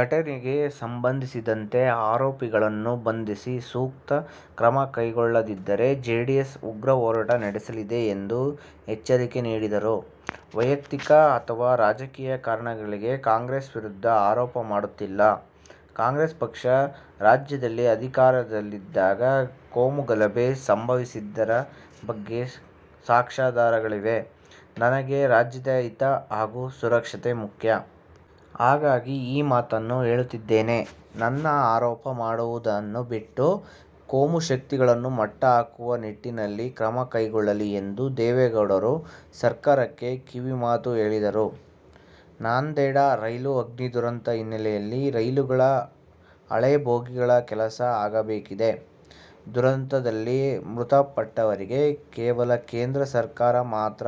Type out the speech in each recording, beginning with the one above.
ಘಟನೆಗೆ ಸಂಬಂಧಿಸಿದಂತೆ ಆರೋಪಿಗಳನ್ನು ಬಂಧಿಸಿ ಸೂಕ್ತ ಕ್ರಮ ಕೈಗೊಳ್ಳದಿದ್ದರೆ ಜೆಡಿಎಸ್ ಉಗ್ರ ಹೋರಾಟ ನಡೆಸಲಿದೆ ಎಂದು ಎಚ್ಚರಿಕೆ ನೀಡಿದರು. ವೈಯಕ್ತಿಕ ಅಥವಾ ರಾಜಕೀಯ ಕಾರಣಗಳಿಗೆ ಕಾಂಗ್ರೆಸ್ ವಿರುದ್ಧ ಆರೋಪ ಮಾಡುತ್ತಿಲ್ಲ. ಕಾಂಗ್ರೆಸ್ ಪಕ್ಷ ರಾಜ್ಯದಲ್ಲಿ ಅಧಿಕಾರದಲ್ಲಿದ್ದಾಗ ಕೋಮಗಲಭೆ ಸಂಭವಿಸಿದ್ದರ ಬಗ್ಗೆ ಸಾಕ್ಷ್ಯಾಧರಗಳಿವೆ. ನನಗೆ ರಾಜ್ಯದ ಹಿತ ಹಾಗೂ ಸುರಕ್ಷತೆ ಮುಖ್ಯ. ಹಾಗಾಗಿ ಈ ಮಾತನ್ನು ಹೇಳುತ್ತಿದ್ದೇನೆ. ನನ್ನ ಆರೋಪ ಮಾಡುವುದನ್ನು ಬಿಟ್ಟು, ಕೋಮುಶಕ್ತಿಗಳನ್ನು ಮಟ್ಟ ಹಾಕುವ ನಿಟ್ಟಿನಲ್ಲಿ ಕ್ರಮ ಕೈಗೊಳ್ಳಲಿ ಎಂದು ದೇವೇಗೌಡರು ಸರ್ಕಾರಕ್ಕೆ ಕಿವಿಮಾತು ಹೇಳಿದರು. ನಾಂದೇಡ ರೈಲು ಅಗ್ನಿ ದುರಂತ ಹಿನ್ನೆಲೆಯಲ್ಲಿ ರೈಲುಗಳ ಹಳೆ ಬೋಗಿಗಳ ಕೆಲಸ ಆಗಬೇಕಿದೆ. ದುರಂತದಲ್ಲಿ ಮೃತಪಟ್ಟವರಿಗೆ ಕೇವಲ ಕೇಂದ್ರ ಸರ್ಕಾರ ಮಾತ್ರ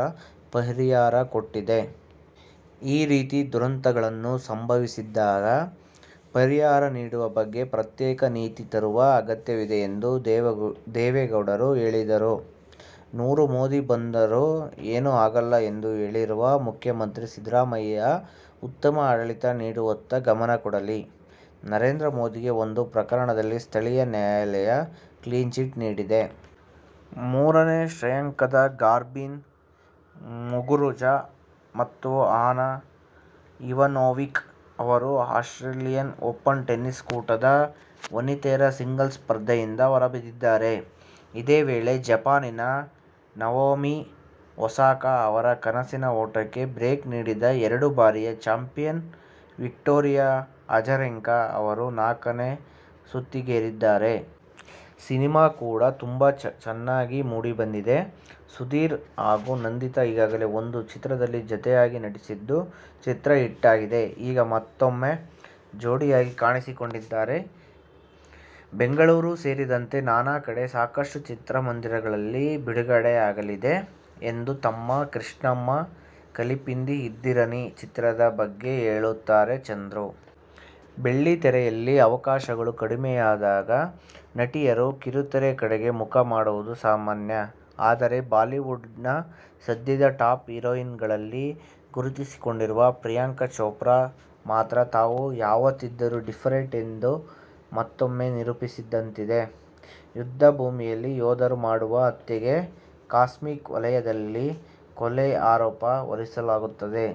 ಪರಿಹಾರ ಕೊಟ್ಟಿದೆ. ಈ ರೀತಿ ದುರಂತಗಳನ್ನು ಸಂಭವಿಸಿದಾಗ ಪರಿಹಾರ ನೀಡುವ ಬಗ್ಗೆ ಪ್ರತ್ಯೇಕ ನೀತಿ ತರುವ ಅಗತ್ಯವಿದೆ ಎಂದು ದೇವೇಗೌಡರು ಹೇಳಿದರು. ನೂರು ಮೋದಿ ಬಂದರೂ ಏನೂ ಆಗಲ್ಲ ಎಂದು ಹೇಳಿರುವ ಮುಖ್ಯಮಂತ್ರಿ ಸಿದ್ದರಾಮಯ್ಯ ಉತ್ತಮ ಆಡಳಿತ ನೀಡುವತ್ತ ಗಮನ ಕೊಡಲಿ. ನರೇಂದ್ರ ಮೋದಿಗೆ ಒಂದು ಪ್ರಕರಣದಲ್ಲಿ ಸ್ಥಳೀಯ ನ್ಯಾಯಲಯ ಕ್ಲೀನ್ ಚೀಟ್ ನೀಡಿದೆ. ಮೂರನೇ ಶ್ರೇಯಾಂಕದ ಗಾರ್ಬಿನ್ ಮುಗುರುಜಾ ಮತ್ತು ಅನಾ ಇವಾನೋವಿಕ್ ಅವರು ಆಸ್ಟ್ರೇಲಿಯನ್ ಓಪನ್ ಟೆನಿಸ್ ಕೂಟದ ವನಿತೆಯರ ಸಿಂಗಲ್ಸ್ ಸ್ಪರ್ಧೆಯಿಂದ ಹೊರಬಿದ್ದಿದ್ದಾರೆ. ಇದೇ ವೇಳೆ ಜಪಾನಿನ ನವೋಮಿ ಒಸಾಕಾ ಅವರ ಕನಸಿನ ಓಟಕ್ಕೆ ಬ್ರೇಕ್ ನೀಡಿದ ಎರಡು ಬಾರಿಯ ಚಾಂಪಿಯನ್ ವಿಕ್ಟೋರಿಯಾ ಅಜರೆಂಕಾ ಅವರು ನಾಲ್ಕನೇ ಸುತ್ತಿಗೇರಿದ್ದಾರೆ. ಸಿನಿಮಾ ಕೂಡಾ ತುಂಬಾ ಚೆನ್ನಾಗಿ ಮೂಡಿಬಂದಿದೆ. ಸುಧೀರ್ ಹಾಗೂ ನಂದಿತಾ ಈಗಾಗಲೇ ಒಂದು ಚಿತ್ರದಲ್ಲಿ ಜೊತೆಯಾಗಿ ನಟಿಸಿದ್ದು, ಚಿತ್ರ ಹಿಟ್ ಆಗಿದೆ. ಈಗ ಮತ್ತೂಮ್ಮೆ ಜೋಡಿಯಾಗಿ ಕಾಣಿಸಿಕೊಂಡಿದ್ದಾರೆ. ಬೆಂಗಳೂರು ಸೇರಿದಂತೆ ನಾನಾ ಕಡೆ ಸಾಕಷ್ಟು ಚಿತ್ರಮಂದಿರಗಳಲ್ಲಿ ಬಿಡುಗಡೆಯಾಗಲಿದೆ' ಎಂದು ತಮ್ಮ "ಕೃಷ್ಣಮ್ಮ ಕಲಿಪಿಂದಿ ಇದ್ದಾರನಿ' ಚಿತ್ರದ ಬಗ್ಗೆ ಹೇಳುತ್ತಾರೆ ಚಂದ್ರು. ಬೆಳ್ಳಿತೆರೆಯಲ್ಲಿ ಅವಕಾಶಗಳು ಕಡಿಮೆಯಾದಾಗ ನಟಿಯರು ಕಿರುತೆರೆ ಕಡೆಗೆ ಮುಖ ಮಾಡುವುದು ಸಾಮಾನ್ಯ. ಆದರೆ ಬಾಲಿವುಡ್ ನ ಸದ್ಯದ ಟಾಪ್ ಹಿರೋಯಿನ್ ಗಳಲ್ಲಿ ಗುರುತಿಸಿಕೊಂಡಿರುವ ಪ್ರಿಯಾಂಕ ಚೋಪ್ರಾ ಮಾತ್ರ ತಾವು ಯಾವತ್ತಿದ್ದರು ಡಿಫರೆಂಟ್ ಎಂದು ಮತ್ತೊಮ್ಮೆ ನಿರೂಪಿಸಿದಂತಿದೆ. ಯುದ್ದ ಭೂಮಿಯಲ್ಲಿ ಯೋಧರು ಮಾಡುವ ಹತ್ಯೆಗೆ ಕಾಸ್ಮಿಕ್ ವಲಯದಲ್ಲಿ ಕೊಲೆ ಆರೋಪ ಹೊರಿಸಲಾಗುತ್ತದೆ.